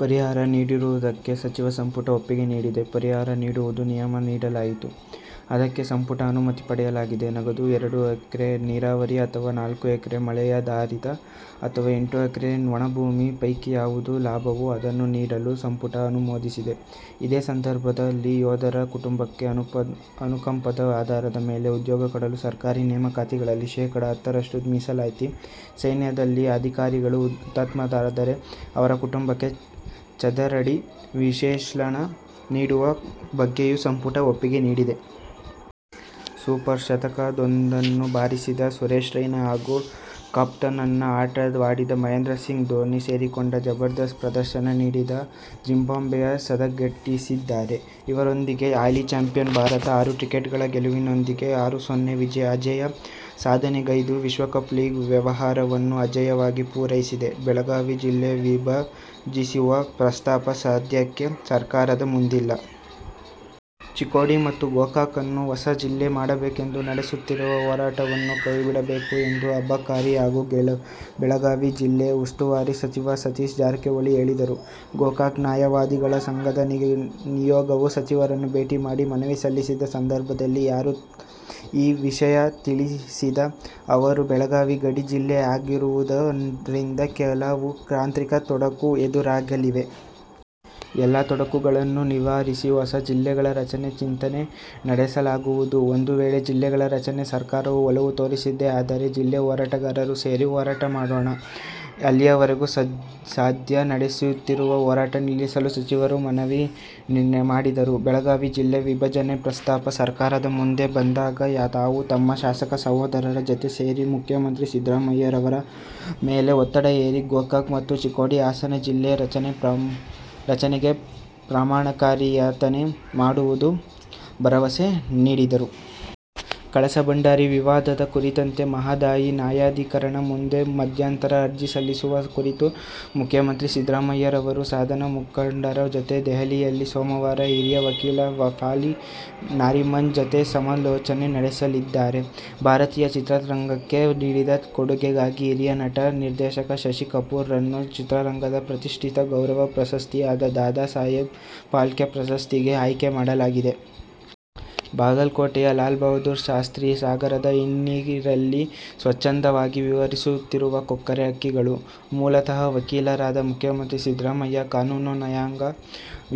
ಪರಿಹಾರ ನೀಡಿರುವುದಕ್ಕೆ ಸಚಿವ ಸಂಪುಟ ಒಪ್ಪಿಗೆ ನೀಡಿದೆ. ಪರಿಹಾರ ನೀಡುವುದು ನಿಯಮ. ನೀಡಲಾಗಿತ್ತು. ಅದಕ್ಕೆ ಸಂಪುಟದ ಅನುಮತಿ ಪಡೆಯಲಾಗಿದೆ. ನಗದು, ಎರಡು ಎಕರೆ ನೀರಾವರಿ ಅಥವಾ ನಾಲ್ಕು ಎಕರೆ ಮಳೆಯಾಧಾರಿತ ಅಥವಾ ಎಂಟು ಎಕರೆ ಒಣಭೂಮಿ ಪೈಕಿಯಾವುದು ಲಭ್ಯವೋ ಅದನ್ನು ನೀಡಲು ಸಂಪುಟ ಅನುಮೋದಿಸಿದೆ. ಇದೇ ಸಂದರ್ಭದಲ್ಲಿ ಯೋಧರ ಕುಟುಂಬಗಳಿಗೆ ಅನುಕಂಪದ ಆಧಾರದ ಮೇಲೆ ಉದ್ಯೋಗ ಕೊಡಲು ಸರ್ಕಾರಿ ನೇಮಕಾತಿಗಳಲ್ಲಿ ಶೇಖಡ ಹತ್ತರಷ್ಟು ಮೀಸಲಾತಿ, ಸೈನ್ಯದಲ್ಲಿ ಅಧಿಕಾರಿಗಳು ಹುತಾತ್ಮರಾದರೆ ಅವರ ಕುಟುಂಬಕ್ಕೆ ಚದರಡಿ ನಿವೇಶನ ನೀಡುವ ಬಗ್ಗೆಯೂ ಸಂಪುಟ ಒಪ್ಪಿಗೆ ನೀಡಿದೆ. ಸೂಪರ್ ಶತಕವೊಂದನ್ನು ಬಾರಿಸಿದ ಸುರೇಶ್ ರೈನಾ ಹಾಗೂ ಕಪ್ತಾನನ ಆಟವಾಡಿದ ಮಹೇಂದ್ರ ಸಿಂಗ್ ಧೋನಿ ಸೇರಿಕೊಂಡು ಜಬರ್ದಸ್ತ್ ಪ್ರದರ್ಶನ ನೀಡಿದ ಜಿಂಬಾಬ್ವೆಯ ಸದ್ದಡಗಿಸಿದ್ದಾರೆ. ಇದರೊಂದಿಗೆ ಹಾಲಿ ಚಾಂಪಿಯನ್ ಭಾರತ ಆರು ವಿಕೆಟ್ಗಳ ಗೆಲುವಿನೊಂದಿಗೆ ಆರು-ಸೊನ್ನೆ ಅಜೇಯ ಸಾಧನೆಗೈದು ವಿಶ್ವಕಪ್ ಲೀಗ್ ವ್ಯವಹಾರವನ್ನು ಅಜೇಯವಾಗಿ ಪೂರೈಸಿದೆ. ಬೆಳಗಾವಿ ಜಿಲ್ಲೆ ವಿಭಜಿಸುವ ಪ್ರಸ್ತಾಪ ಸದ್ಯಕ್ಕೆ ಸರ್ಕಾರದ ಮುಂದಿಲ್ಲ. ಚಿಕ್ಕೋಡಿ ಮತ್ತು ಗೋಕಾಕನ್ನು ಹೊಸ ಜಿಲ್ಲೆ ಮಾಡಬೇಕೆಂದು ನಡೆಸುತ್ತಿರುವ ಹೋರಾಟವನ್ನು ಕೈಬಿಡಬೇಕು ಎಂದು ಅಬಕಾರಿ ಹಾಗೂ ಬೆಳಗಾವಿ ಜಿಲ್ಲಾ ಉಸ್ತುವಾರಿ ಸಚಿವ ಸತೀಶ ಜಾರಕಿಹೊಳಿ ಹೇಳಿದರು. ಗೋಕಾಕ ನ್ಯಾಯವಾದಿಗಳ ಸಂಘದ ನಿಯೋಗವು ಸಚಿವರನ್ನು ಭೇಟಿ ಮಾಡಿ ಮನವಿ ಸಲ್ಲಿಸಿದ ಸಂದರ್ಭದಲ್ಲಿ ಈ ವಿಷಯ ತಿಳಿಸಿದ ಅವರು, ಬೆಳಗಾವಿ ಗಡಿ ಜಿಲ್ಲೆ ಆಗಿರುವುದರಿಂದ ಕೆಲವು ತಾಂತ್ರಿಕ ತೊಡಕು ಎದುರಾಗಿವೆ. ಈ ಎಲ್ಲ ತೊಡಕುಗಳನ್ನು ನಿವಾರಿಸಿ ಹೊಸ ಜಿಲ್ಲೆಗಳ ರಚನೆಗೆ ಚಿಂತನೆ ನಡೆಸಲಾಗುವುದು. ಒಂದು ವೇಳೆ ಜಿಲ್ಲೆಗಳ ರಚನೆಗೆ ಸರ್ಕಾರ ಒಲವು ತೋರಿಸಿದ್ದೇ ಆದರೆ, ಜಿಲ್ಲಾ ಹೋರಾಟಗಾರರು ಸೇರಿ ಹೋರಾಟ ಮಾಡೋಣ. ಅಲ್ಲಿಯವರೆಗೆ ಸದ್ಯ ನಡೆಸುತ್ತಿರುವ ಹೋರಾಟ ನಿಲ್ಲಿಸಲು ಸಚಿವರು ಮನವಿ ಮಾಡಿದರು. ಬೆಳಗಾವಿ ಜಿಲ್ಲೆ ವಿಭಜನೆ ಪ್ರಸ್ತಾಪ ಸರ್ಕಾರದ ಮುಂದೆ ಬಂದಾಗ ತಾವು ತಮ್ಮ ಶಾಸಕ ಸಹೋದರರ ಜತೆ ಸೇರಿ ಮುಖ್ಯಮಂತ್ರಿ ಸಿದ್ಧರಾಮಯ್ಯ ಅವರ ಮೇಲೆ ಒತ್ತಡ ಹೇರಿ ಗೋಕಾಕ ಮತ್ತು ಚಿಕ್ಕೋಡಿ ಹೊಸ ಜಿಲ್ಲೆ ರಚನೆಗೆ ಪ್ರಾಮಾಣಿಕ ಪ್ರಯತ್ನ ಮಾಡುವುದಾಗಿ ಭರವಸೆ ನೀಡಿದರು. ಕಳಸಾ ಬಂಡೂರಿ ವಿವಾದ ಕುರಿತಂತೆ ಮಹದಾಯಿ ನ್ಯಾಯಾಧಿಕರಣದ ಮುಂದೆ ಮಧ್ಯಂತರ ಅರ್ಜಿ ಸಲ್ಲಿಸುವ ಕುರಿತು ಮುಖ್ಯಮಂತ್ರಿ ಸಿದ್ದರಾಮಯ್ಯಅವರು ಸದನ ಮುಖಂಡರ ಜತೆ ದೆಹಲಿಯಲ್ಲಿ ಸೋಮವಾರ ಹಿರಿಯ ವಕೀಲ ಫಾಲಿ ನಾರಿಮನ್ ಜತೆ ಸಮಾಲೋಚನೆ ನಡೆಸಲಿದ್ದಾರೆ. ಭಾರತೀಯ ಚಿತ್ರರಂಗಕ್ಕೆ ನೀಡಿದ ಕೊಡೆಗೆಗಾಗಿ ಹಿರಿಯ ನಟ/ನಿರ್ದೇಶಕ ಶಶಿ ಕಪೂರ್ ರನ್ನು ಚಿತ್ರರಂಗದ ಪ್ರತಿಷ್ಠಿತ ಗೌರವ ಪ್ರಶಸ್ತಿಯಾದ ದಾದಾ ಸಾಹೇಬ್ ಫಾಲ್ಕೆ ಪ್ರಶಸ್ತಿಗೆ ಆಯ್ಕೆ ಮಾಡಲಾಗಿದೆ. ಬಾಗಲಕೋಟೆಯ ಲಾಲ್ ಬಹದ್ದೂರ್ ಶಾಸ್ತ್ರಿ ಸಾಗರದ ಹಿನ್ನೀರಿನಲ್ಲಿ ಸ್ವಚ್ಛಂದವಾಗಿ ವಿಹರಿಸುತ್ತಿರುವ ಕೊಕ್ಕರೆ ಹಕ್ಕಿಗಳು. ಮೂಲತಃ ವಕೀಲರಾದ ಮುಖ್ಯಮಂತ್ರಿ ಸಿದ್ದರಾಮಯ್ಯ, ಕಾನೂನು, ನ್ಯಾಯಾಂಗ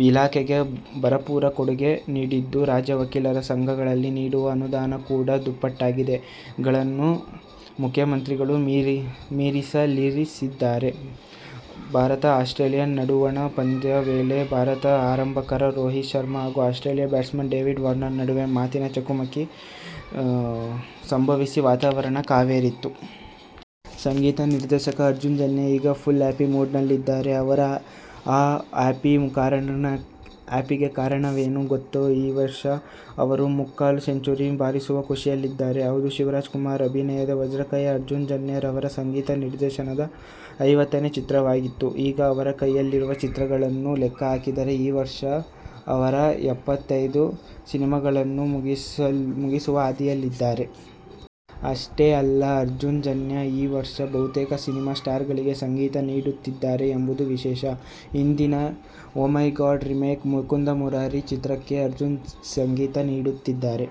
ಇಲಾಖೆಗೆ ಭರಪೂರ ಕೊಡುಗೆ ನೀಡಿದ್ದು, ರಾಜ್ಯ ವಕೀಲರ ಸಂಘಗಳಿಗೆ ನೀಡುವ ಅನುದಾನ ಕೂಡ ದುಪ್ಪಟ್ಟಾಗಿದೆ. ಗಳನ್ನು ಮುಖ್ಯಮಂತ್ರಿಗಳು ಮೀಸಲಿರಿಸಿದ್ದಾರೆ. ಭಾರತ-ಆಸ್ಟ್ರೇಲಿಯ ನಡುವಣ ಪಂದ್ಯದ ವೇಳೆ ಭಾರತದ ಆರಂಭಕಾರ ರೋಹಿತ್ ಶರ್ಮಾ ಮತ್ತು ಆಸ್ಟ್ರೇಲಿಯ ಬ್ಯಾಟ್ಸ್ಮನ್ ಡೇವಿಡ್ ವಾರ್ನರ್ ನಡುವೆ ಮಾತಿನ ಚಕಮಕಿ ಸಂಭವಿಸಿ ವಾತಾವರಣ ಕಾವೇರಿತು. ಸಂಗೀತ ನಿರ್ದೇಶಕ ಅರ್ಜುನ್ ಜನ್ಯ ಈಗ ಫುಲ್ ಹ್ಯಾಪಿಮೂಡ್ನಲ್ಲಿದ್ದಾರೆ. ಅವರ ಆ ಹ್ಯಾಪಿಗೆ ಕಾರಣವೇನು ಗೊತ್ತಾ ಈ ವರ್ಷ ಅವರು ಮುಕ್ಕಾಲು ಸೆಂಚುರಿ ಬಾರಿಸುವ ಖುಷಿಯಲ್ಲಿದ್ದಾರೆ. ಹೌದು, ಶಿವರಾಜ್ಕುಮಾರ್ ಅಭಿನಯದ ವಜ್ರಕಾಯ ಅರ್ಜುನ್ ಜನ್ಯ ಅವರ ಸಂಗೀತ ನಿರ್ದೇಶನದ ಐವತ್ತನೇ ಚಿತ್ರವಾಗಿತ್ತು. ಈಗ ಅವರ ಕೈಯಲ್ಲಿರೋ ಚಿತ್ರಗಳನ್ನು ಲೆಕ್ಕ ಹಾಕಿದರೆ, ಈ ವರ್ಷ ಅವರು ಎಪ್ಪತ್ತೈದು ಸಿನಿಮಾಗಳನ್ನು ಮುಗಿಸುವ ಹಾದಿಯಲ್ಲಿದ್ದಾರೆ. ಅದಷ್ಟೇ ಅಲ್ಲ, ಅರ್ಜುನ್ ಜನ್ಯ ಈ ವರ್ಷ ಬಹುತೇಕ ಸ್ಟಾರ್ ಸಿನಿಮಾಗಳಿಗೆ ಸಂಗೀತ ನೀಡುತ್ತಿದ್ದಾರೆ ಎಂಬುದು ವಿಶೇಷ. ಹಿಂದಿಯ "ಓ ಮೈ ಗಾಡ್' ರಿಮೇಕ್ನ "ಮುಕುಂದ ಮುರಾರಿ' ಚಿತ್ರಕ್ಕೆ ಅರ್ಜುನ್ ಸಂಗೀತ ನೀಡುತ್ತಿದ್ದಾರೆ.